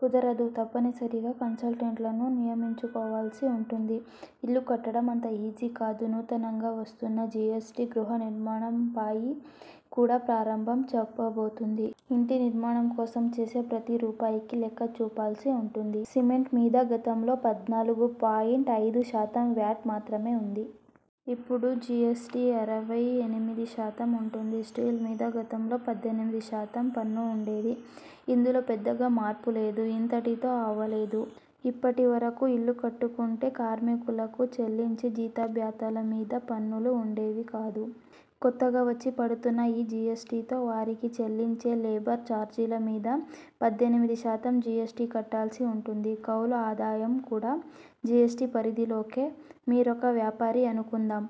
కుదరదు, తప్పనిసరిగా కన్సల్టెంట్లను నియమించుకోవాల్సి ఉంటుంది. ఇల్లు కట్టడం అంత ఈజీ కాదు నూతనంగా వస్తున్న జీఎస్టీ గృహ నిర్మాణం పయి కూడా ప్రభావం చూపబోతోంది. ఇంటి నిర్మాణం కోసం చేసే ప్రతి రూపాయికి లెక్క చూపాల్సి ఉంటుంది. సిమెంట్ మీద గతంలో పద్నాలుగు పాయింట్ ఐదు శాతం వ్యాట్ మాత్రమే ఉంది. ఇపుడు జీఎస్టీ ఇరవై ఎనిమిది శాతం ఉంటుంది. స్టీల్ మీద గతంలో పద్దెనిమిది శాతం పన్ను ఉండేది. ఇందులో పెద్దగా మార్పు లేదు. ఇంతటితో అవలేదు. ఇప్పటి వరకు ఇల్లు కట్టుకుంటే కార్మికులకు చెల్లించే జీతభత్యాల మీద పన్నులు ఉండేవి కావు. కొత్తగా వచ్చి పడుతున్న ఈ జీఎస్టీతో వారికి చెల్లించే లేబర్ చార్జీల మీద పద్దెనిమిది శాతం జీఎస్టీ కట్టాల్సి ఉంటుంది కౌలు ఆదాయం కూడా జీఎస్టీ పరిధిలోకే మీరొక వ్యాపారి అనుకుందాం.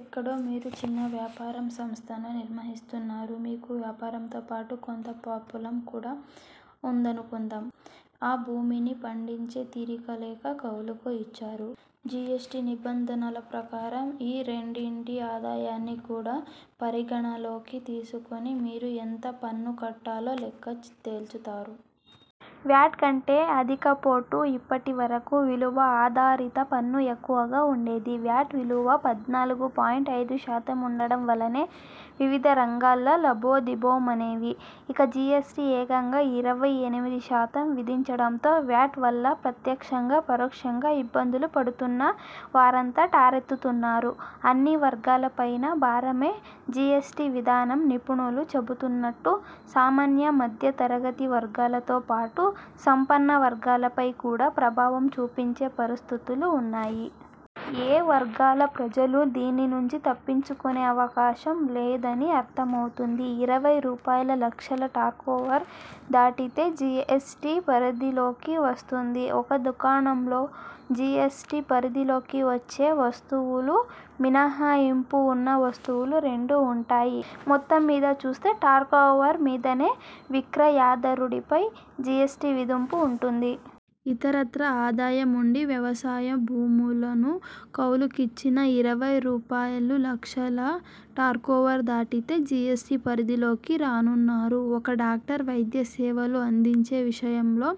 ఎక్కడో మీరు చిన్న వ్యాపార సంస్థను నిర్వహిస్తున్నారు. మీకు వ్యాపారంతో పాటు కొంత పొలం కూడా ఉందనుకుందాం. ఆ భూమిని పండించే తీరిక లేక కౌలుకు ఇచ్చారు. జీఎస్టీ నిబంధనల ప్రకారం ఈ రెండింటి ఆదాయాన్ని కూడా పరిగణనలోకి తీసుకుని మీరు ఎంత పన్ను కట్టాలో లెక్క తేల్చుతారు. వ్యాట్ కంటే అధికపోటు ఇప్పటి వరకు విలువ ఆధారిత పన్ను ఎక్కువగా ఉండేది. వ్యాట్ విలువ పద్నాలుగు పాయింట్ ఐదు శాతం ఉండటం వల్లనే వివిధ రంగాలు లబోదిబో మనేవి ఇక జీఎస్టీ ఏకంగా ఇరవై ఎనిమిది శాతం విధించటంతో వ్యాట్ వల్ల ప్రత్యక్షంగా, పరోక్షంగా ఇబ్బందులు పడుతున్న వారంతా ఠారెత్తుతున్నారు అన్ని వర్గాలపైనా భారమే జీఎస్టీ విధానం నిపుణులు చెబుతున్నట్టు సామాన్య, మధ్య తరగతి వర్గాలతో పాటు సంపన్న వర్గాలపై కూడా ప్రభావం చూపించే పరిస్థితులు ఉన్నాయి. ఏ వర్గాల ప్రజలూ దీని నుంచి తప్పించుకునే అవకాశం లేదని అర్థమవుతోంది. ఇరవై రూపాయల లక్షల టర్నోవర్ దాటితే జీఎస్టీ పరిధిలోకి వస్తుంది ఒక దుకాణంలో జీఎస్టీ పరిధిలోకి వచ్చే వస్తువులూ, మినహాయింపు ఉన్న వస్తువులు రెండూ ఉంటాయి. మొత్తం మీదా చూస్తే టర్నోవర్ మీదనే విక్రయదారుడిపై జీఎస్టీ విధింపు ఉంటుంది. ఇతరత్రా ఆదాయం ఉండి వ్యవసాయ భూములను కౌలుకిచ్చినా ఇరవై రూపాయలులక్షల టర్నోవర్ దాటితే జీఎస్టీ పరిధిలోకి రానున్నారు ఒక డాక్టర్ వైద్య సేవలు అందించే విషయంలో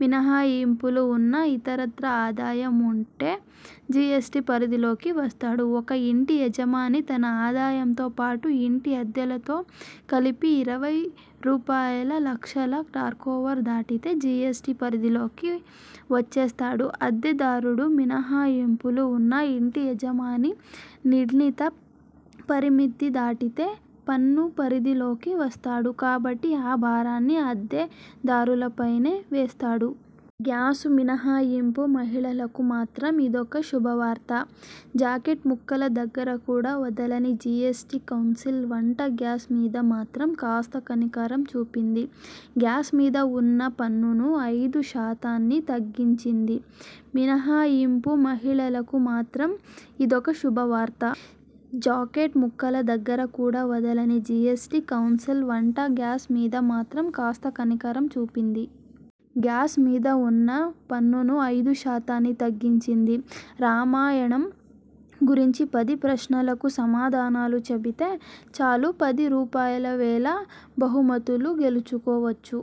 మినహాయింపులు ఉన్నా ఇతరత్రా ఆదాయం ఉంటే జీఎస్టీ పరిధిలోకి వస్తాడు. ఒక ఇంటి యజమాని తన ఆదాయంతో పాటు ఇంటి అద్దెలతో కలిపి ఇరవై రూపాయల లక్షల టర్నోవర్ దాటితే జీఎస్టీ పరిధిలోకి వచ్చేస్తాడు అద్దె దారుడికి మినహాయింపులు ఉన్నా ఇంటి యజమాని నిర్ణీత పరిమితి దాటితే పన్ను పరిధిలోకి వస్తాడు కాబట్టి ఆ భారాన్ని అద్దె దారులపైనే వేస్తాడు. గ్యాస్కు మినహాయింపు మహిళలకు మాత్రం ఇదొక శుభవార్త. జాకెట్ ముక్కల దగ్గర కూడా వదలని జీఎస్టీ కౌన్సిల్ వంట గ్యాస్ మీద మాత్రం కాస్త కనికరం చూపింది. గ్యాస్ మీద ఉన్న పన్నును ఐదు శాతానికి తగ్గించింది మినహాయింపు మహిళలకు మాత్రం ఇదొక శుభవార్త. జాకెట్ ముక్కల దగ్గర కూడా వదలని జీఎస్టీ కౌన్సిల్ వంట గ్యాస్ మీద మాత్రం కాస్త కనికరం చూపింది. గ్యాస్ మీద ఉన్న పన్నును ఐదు శాతానికి తగ్గించింది. రామాయణం గురించి పది ప్రశ్నలకు సమాధానాలు చెబితే చాలు పది రూపాయల వేల బహుమతులు గెలుచుకోవచ్చు